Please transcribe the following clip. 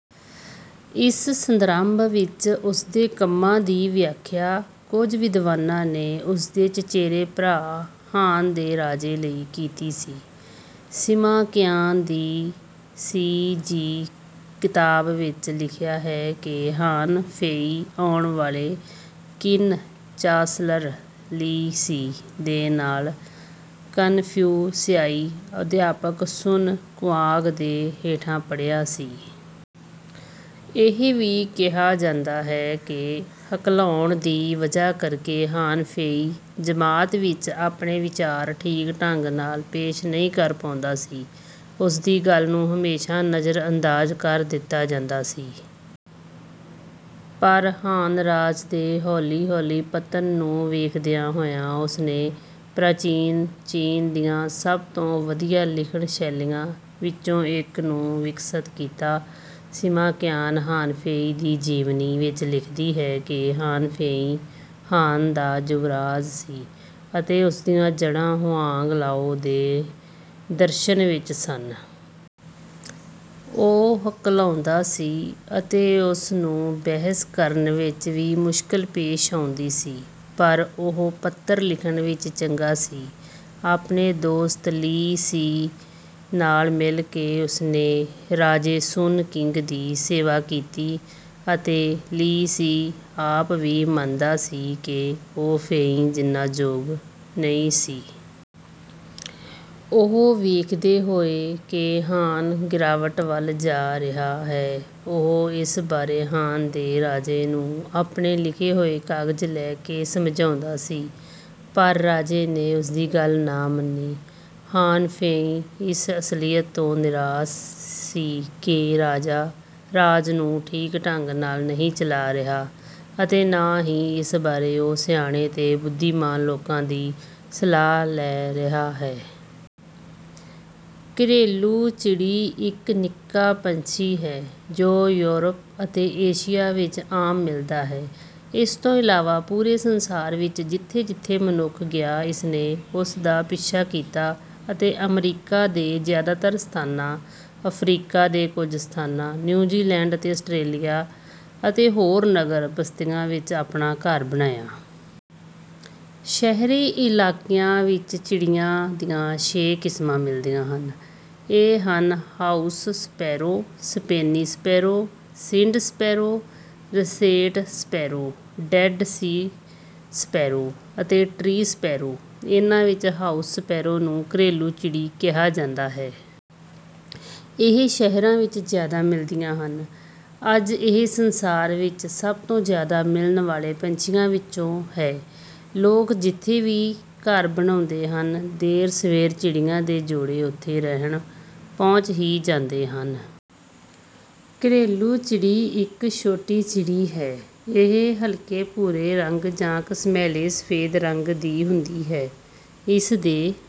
ਇਸ ਸੰਦਰਭ ਵਿੱਚ ਉਸਦੇ ਕੰਮਾਂ ਦੀ ਵਿਆਖਿਆ ਕੁਝ ਵਿਦਵਾਨਾਂ ਨੇ ਉਸਦੇ ਚਚੇਰੇ ਭਰਾ ਹਾਨ ਦੇ ਰਾਜੇ ਲਈ ਕੀਤੀ ਸੀ। ਸਿਮਾ ਕਿਆਨ ਦੀ ਸ਼ੀ ਜੀ ਕਿਤਾਬ ਵਿੱਚ ਲਿਖਿਆ ਹੈ ਕਿ ਹਾਨ ਫ਼ੇਈ ਆਉਣ ਵਾਲੇ ਕਿਨ ਚਾਂਸਲਰ ਲੀ ਸੀ ਦੇ ਨਾਲ ਕਨਫਿਊਸ਼ਿਆਈ ਅਧਿਆਪਕ ਸ਼ੁਨ ਕੁਆਂਗ ਦੇ ਹੇਠਾਂ ਪੜ੍ਹਿਆ ਸੀ। ਇਹ ਵੀ ਕਿਹਾ ਜਾਂਦਾ ਹੈ ਕਿ ਹਕਲਾਉਣ ਦੀ ਵਜ੍ਹਾ ਕਰਕੇ ਹਾਨ ਫ਼ੇਈ ਜਮਾਤ ਵਿੱਚ ਆਪਣੇ ਵਿਚਾਰ ਠੀਕ ਢੰਗ ਨਾਲ ਪੇਸ਼ ਨਹੀਂ ਕਰ ਪਾਉਂਦਾ ਸੀ। ਉਸਦੀ ਗੱਲ ਨੂੰ ਹਮੇਸ਼ਾ ਨਜ਼ਰ-ਅੰਦਾਜ਼ ਕਰ ਦਿੱਤਾ ਜਾਂਦਾ ਸੀ। ਪਰ ਹਾਨ ਰਾਜ ਦੇ ਹੌਲੀ-ਹੌਲੀ ਪਤਨ ਨੂੰ ਵੇਖਦਿਆਂ ਹੋਇਆਂ ਉਸਨੇ ਪ੍ਰਾਚੀਨ ਚੀਨ ਦੀਆਂ ਸਭ ਤੋਂ ਵਧੀਆ ਲਿਖਣ ਸ਼ੈਲੀਆਂ ਵਿੱਚੋਂ ਇੱਕ ਨੂੰ ਵਿਕਸਿਤ ਕੀਤਾ। ਸਿਮਾ ਕਿਆਨ ਹਾਨ ਫ਼ੇਈ ਦੀ ਜੀਵਨੀ ਵਿੱਚ ਲਿਖਦੀ ਹੈ ਕਿ ਹਾਨ ਫ਼ੇਈ ਹਾਨ ਦਾ ਯੁਵਰਾਜ ਸੀ ਅਤੇ ਉਸਦੀਆਂ ਜੜ੍ਹਾਂ ਹੁਆਂਗ-ਲਾਓ ਦੇ ਦਰਸ਼ਨ ਵਿੱਚ ਸਨ। ਉਹ ਹਕਲਾਉਂਦਾ ਸੀ ਅਤੇ ਉਸਨੂੰ ਬਹਿਸ ਕਰਨ ਵਿੱਚ ਵੀ ਮੁਸ਼ਕਿਲ ਪੇਸ਼ ਆਉਂਦੀ ਸੀ ਪਰ ਉਹ ਪੱਤਰ ਲਿਖਣ ਵਿੱਚ ਚੰਗਾ ਸੀ। ਆਪਣੇ ਦੋਸਤ ਲੀ ਸੀ ਨਾਲ ਮਿਲ ਕੇ ਉਹਨਾਂ ਨੇ ਰਾਜੇ ਸ਼ੁਨ ਕਿੰਗ ਦੀ ਸੇਵਾ ਕੀਤੀ ਅਤੇ ਲੀ ਸੀ ਆਪ ਵੀ ਮੰਨਦਾ ਸੀ ਕਿ ਉਹ ਫ਼ੇਈ ਜਿੰਨਾ ਯੋਗ ਨਹੀਂ ਸੀ। ਉਹ ਵੇਖਦੇ ਹੋਏ ਕਿ ਹਾਨ ਗਿਰਾਵਟ ਵੱਲ ਜਾ ਰਿਹਾ ਹੈ ਉਹ ਇਸ ਬਾਰੇ ਹਾਨ ਦੇ ਰਾਜੇ ਨੂੰ ਆਪਣੇ ਲਿਖੇ ਹੋਏ ਕਾਗਜ਼ ਲੈ ਕੇ ਸਮਝਾਉਂਦਾ ਸੀ ਪਰ ਰਾਜੇ ਨੇ ਉਸਦੀ ਗੱਲ ਨਾ ਮੰਨੀ। ਹਾਨ ਫ਼ੇਈ ਇਸ ਅਸਲੀਅਤ ਤੋਂ ਨਿਰਾਸ਼ ਸੀ ਕਿ ਰਾਜਾ ਰਾਜ ਨੂੰ ਠੀਕ ਢੰਗ ਨਾਲ ਨਹੀਂ ਚਲਾ ਰਿਹਾ ਅਤੇ ਨਾ ਹੀ ਇਸ ਬਾਰੇ ਉਹ ਸਿਆਣੇ ਤੇ ਬੁੱਧੀਮਾਨ ਲੋਕਾਂ ਦੀ ਸਲਾਹ ਲੈ ਰਿਹਾ ਹੈ। ਘਰੇਲੂ ਚਿੜੀ ਇੱਕ ਨਿੱਕਾ ਪੰਛੀ ਹੈ ਜੋ ਯੂਰਪ ਅਤੇ ਏਸ਼ੀਆ ਵਿੱਚ ਆਮ ਮਿਲਦਾ ਹੈ। ਇਸ ਤੋਂ ਇਲਾਵਾ ਪੂਰੇ ਸੰਸਾਰ ਵਿੱਚ ਜਿੱਥੇ ਜਿੱਥੇ ਮਨੁੱਖ ਗਿਆ ਇਸਨੇ ਉਸ ਦਾ ਪਿੱਛਾ ਕੀਤਾ ਅਤੇ ਅਮਰੀਕਾ ਦੇ ਜਿਆਦਾਤਰ ਸਥਾਨਾਂ ਅਫਰੀਕਾ ਦੇ ਕੁਝ ਸਥਾਨਾਂ ਨਿਊਜ਼ੀਲੈਂਡ ਅਤੇ ਆਸਟਰੇਲੀਆ ਅਤੇ ਹੋਰ ਨਗਰ ਬਸਤੀਆਂ ਵਿੱਚ ਆਪਣਾ ਘਰ ਬਣਾਇਆ। ਸ਼ਹਿਰੀ ਇਲਾਕਿਆਂ ਵਿੱਚ ਚਿੜੀਆਂ ਦੀਆਂ ਛੇ ਕਿਸਮਾਂ ਮਿਲਦੀਆਂ ਹਨ। ਇਹ ਹਨ ਹਾਊਸ ਸਪੈਰੋ ਸਪੇਨੀ sparrow Sind sparrow russet sparrow Dead Sea sparrow ਅਤੇ ਟਰੀ ਸਪੈਰੋ। ਇਹਨਾਂ ਵਿੱਚ ਹਾਊਸ ਸਪੈਰੋ ਨੂੰ ਘਰੇਲੂ ਚਿੜੀ ਕਿਹਾ ਜਾਂਦਾ ਹੈ। ਇਹ ਸ਼ਹਿਰਾਂ ਵਿੱਚ ਜ਼ਿਆਦਾ ਮਿਲਦੀਆਂ ਹਨ। ਅੱਜ ਇਹ ਸੰਸਾਰ ਵਿੱਚ ਸਭ ਤੋਂ ਜਿਆਦਾ ਮਿਲਣ ਵਾਲੇ ਪੰਛੀਆਂ ਵਿੱਚੋਂ ਹੈ। ਲੋਕ ਜਿੱਥੇ ਵੀ ਘਰ ਬਣਾਉਂਦੇ ਹਨ ਦੇਰ ਸਵੇਰ ਚਿੜੀਆਂ ਦੇ ਜੋੜੇ ਉੱਥੇ ਰਹਿਣ ਪਹੁੰਚ ਹੀ ਜਾਂਦੇ ਹਨ। ਘਰੇਲੂ ਚਿੜੀ ਇੱਕ ਛੋਟੀ ਚਿੜੀ ਹੈ। ਇਹ ਹਲਕੇ ਭੂਰੇ ਰੰਗ ਜਾਂ ਘਸਮੈਲੇ ਸਫ਼ੈਦ ਰੰਗ ਦੀ ਹੁੰਦੀ ਹੈ। ਇਸ ਦੇ